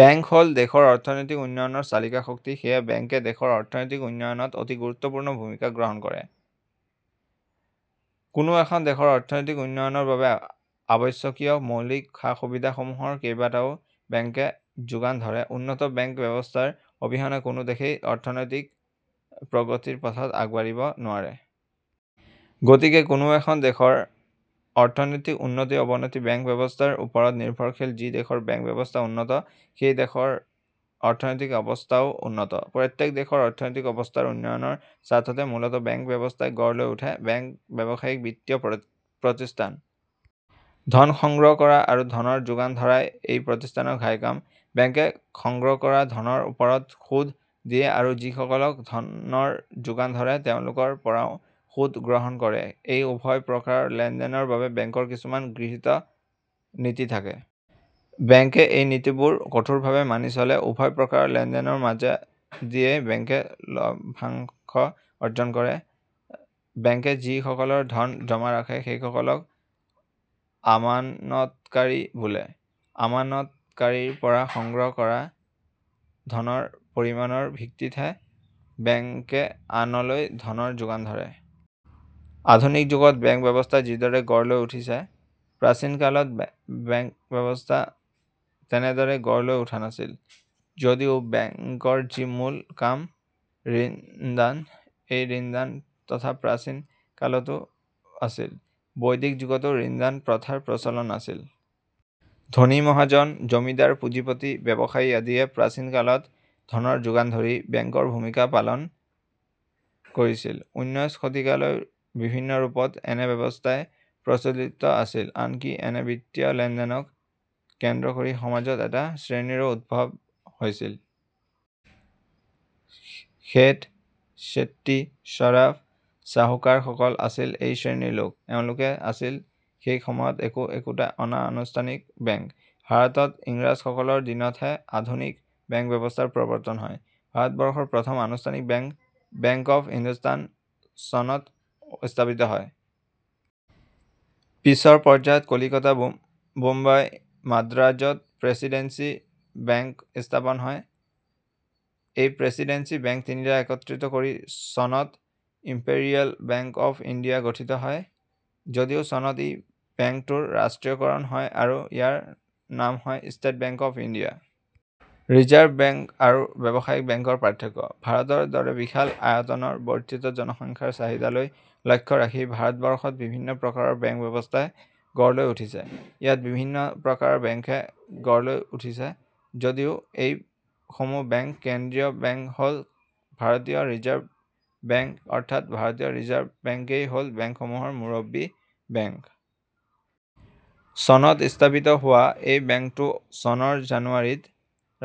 Bank হ'ল দেশৰ অৰ্থনৈতিক উন্নয়নৰ চালিকা শক্তি। সেয়ে বেংকে দেশৰ অৰ্থনৈতিক উন্নয়নত অতি গুৰুত্বপূৰ্ণ ভূমিকা গ্ৰহণ কৰে। কোনো এখন দেশৰ অৰ্থনৈতিক উন্নয়নৰ বাবে আৱশ্যকীয় মৌলিক সা-সুবিধাসমূহৰ কেবাটাও বেংকে যোগান ধৰে। উন্নত বেংক ব্যৱস্থাৰ অবিহনে কোনো দেশেই অৰ্থনৈতিক প্ৰগতিৰ পথত আগবাঢ়িব নোৱাৰে। গতিকে কোনো এখন দেশৰ অৰ্থনৈতিক উন্নতি-অৱনতি বেংক ব্যৱস্থাৰ ওপৰত নিৰ্ভৰশীল। যি দেশৰ বেংক-ব্যৱস্থা উন্নত সেই দেশৰ অৰ্থনৈতিক অৱস্থাও উন্নত। প্ৰত্যেক দেশৰ অৰ্থনৈতিক অৱস্থাৰ উন্নয়নৰ স্বাৰ্থতে মূলতঃ বেংক ব্যৱস্থাই গঢ় লৈ উঠে। বেংক ব্যৱসায়িক বিত্তীয় প্ৰতিষ্ঠান। ধন সংগ্ৰহ কৰা আৰু ধনৰ যোগান ধৰাই এই প্ৰতিষ্ঠানৰ ঘাই কাম। বেংকে সংগ্ৰহ কৰা ধনৰ ওপৰত সুদ দিয়ে আৰু যিসকলক ধনৰ যোগান ধৰে তেওঁলোকৰপৰাও সুদ গ্ৰহণ কৰে। এই উভয় প্ৰকাৰৰ লেন-দেনৰ বাবে বেংকৰ কিছুমান গৃহীত নীতি থাকে। বেংকে এই নীতিবোৰ কঠোৰভাৱে মানি চলে। উভয় প্ৰকাৰৰ লেন-দেনৰ মাজেদিয়ে বেংকে লভ্যাংশ অৰ্জন কৰে। বেংকে যিসকলৰ ধন জমা ৰাখে সেইসকলক আমানতকাৰী বোলে। আমানতকাৰীৰপৰা সংগ্ৰহ কৰা ধনৰ পৰিমাণৰ ভিত্তিতহে বেংকে আনলৈ ধনৰ যোগান ধৰে। আধুনিক যুগত বেংক ব্যৱস্থা যিদৰে গঢ় লৈ উঠিছে প্ৰাচীন কালত বেংক ব্যৱস্থা তেনেদৰে গঢ় লৈ উঠা নাছিল যদিও বেংকৰ যি মূল কাম ঋণদান, এই ঋণদান প্ৰথা প্ৰাচীন কালতো আছিল। বৈদিক যুগতো ঋণদান প্ৰথাৰ প্ৰচলন আছিল। ধনী মহাজন, জমিদাৰ, পুঁজিপতি, ব্যৱসায়ী আদিয়ে প্ৰাচীন কালত ধনৰ যোগান ধৰি বেংকৰ ভূমিকা পালন কৰিছিল। ঊনৈশ শতিকালৈ বিভিন্ন ৰূপত এনে ব্যৱস্থাই প্ৰচলিত আছিল। আনকি এনে বিত্তীয় লেন-দেনক কেন্দ্ৰ কৰি সমাজত এটা শ্ৰেণীৰো উদ্ভৱ হৈছিল। শেঠ, শেট্টি, চৰাফ, চাহুকাৰসকল আছিল এই শ্ৰেণীৰ লোক। এওঁলোকে আছিল সেই সময়ত একো একোটা অনা- আনুষ্ঠানিক বেংক। ভাৰতত ইংৰাজসকলৰ দিনতহে আধুনিক বেংক ব্যৱস্থাৰ প্ৰৱৰ্তন হয়। ভাৰতবৰ্ষৰ প্ৰথম আনুষ্ঠানিক বেংক "বেংক অব্ হিন্দুস্থান" চনত স্থাপিত হয়। পিছৰ পৰ্যায়ত কলিকতা, বোম্বাই, মাদ্ৰাজ -ত প্ৰেছিডেন্সি বেংক স্থাপন হয়। এই প্ৰেছিডেন্সি বেংক তিনিটা একত্ৰিত কৰি চনত ইম্পেৰিয়েল বেংক অব্ ইণ্ডিয়া গঠিত হয় যদিও চনত ই বেংকটোৰ ৰাষ্ট্ৰীয়কৰণ হয় আৰু ইয়াৰ নাম হয় State Bank of India. Reserve Bank আৰু ব্যৱসায়িক বেংকৰ পাৰ্থক্য – ভাৰতৰ দৰে বিশাল আয়তনৰ বৰ্দ্ধিত জনসংখ্যাৰ চাহিদালৈ লক্ষ্য ৰাখি ভাৰতবৰ্ষত বিভিন্ন প্ৰকাৰৰ বেংক ব্যৱস্থাই গঢ় লৈ উঠিছে। ইয়াত বিভিন্ন প্ৰকাৰৰ বেংকে গঢ় লৈ উঠিছে যদিও এই সমূহ বেংক কেন্দ্ৰীয় বেংক হ'ল ভাৰতীয় ৰিজাৰ্ভ বেংক অৰ্থাৎ ভাৰতীয় ৰিজাৰ্ভ বেংকেই হ'ল বেংকসমূহৰ মুৰব্বী বেংক। চনত স্থাপিত হোৱা এই বেংকটো চনৰ জানুৱাৰীত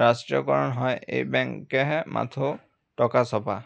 ৰাষ্ট্ৰীয়কৰণ হয়। এই বেংকেহে মাথো টকা ছপা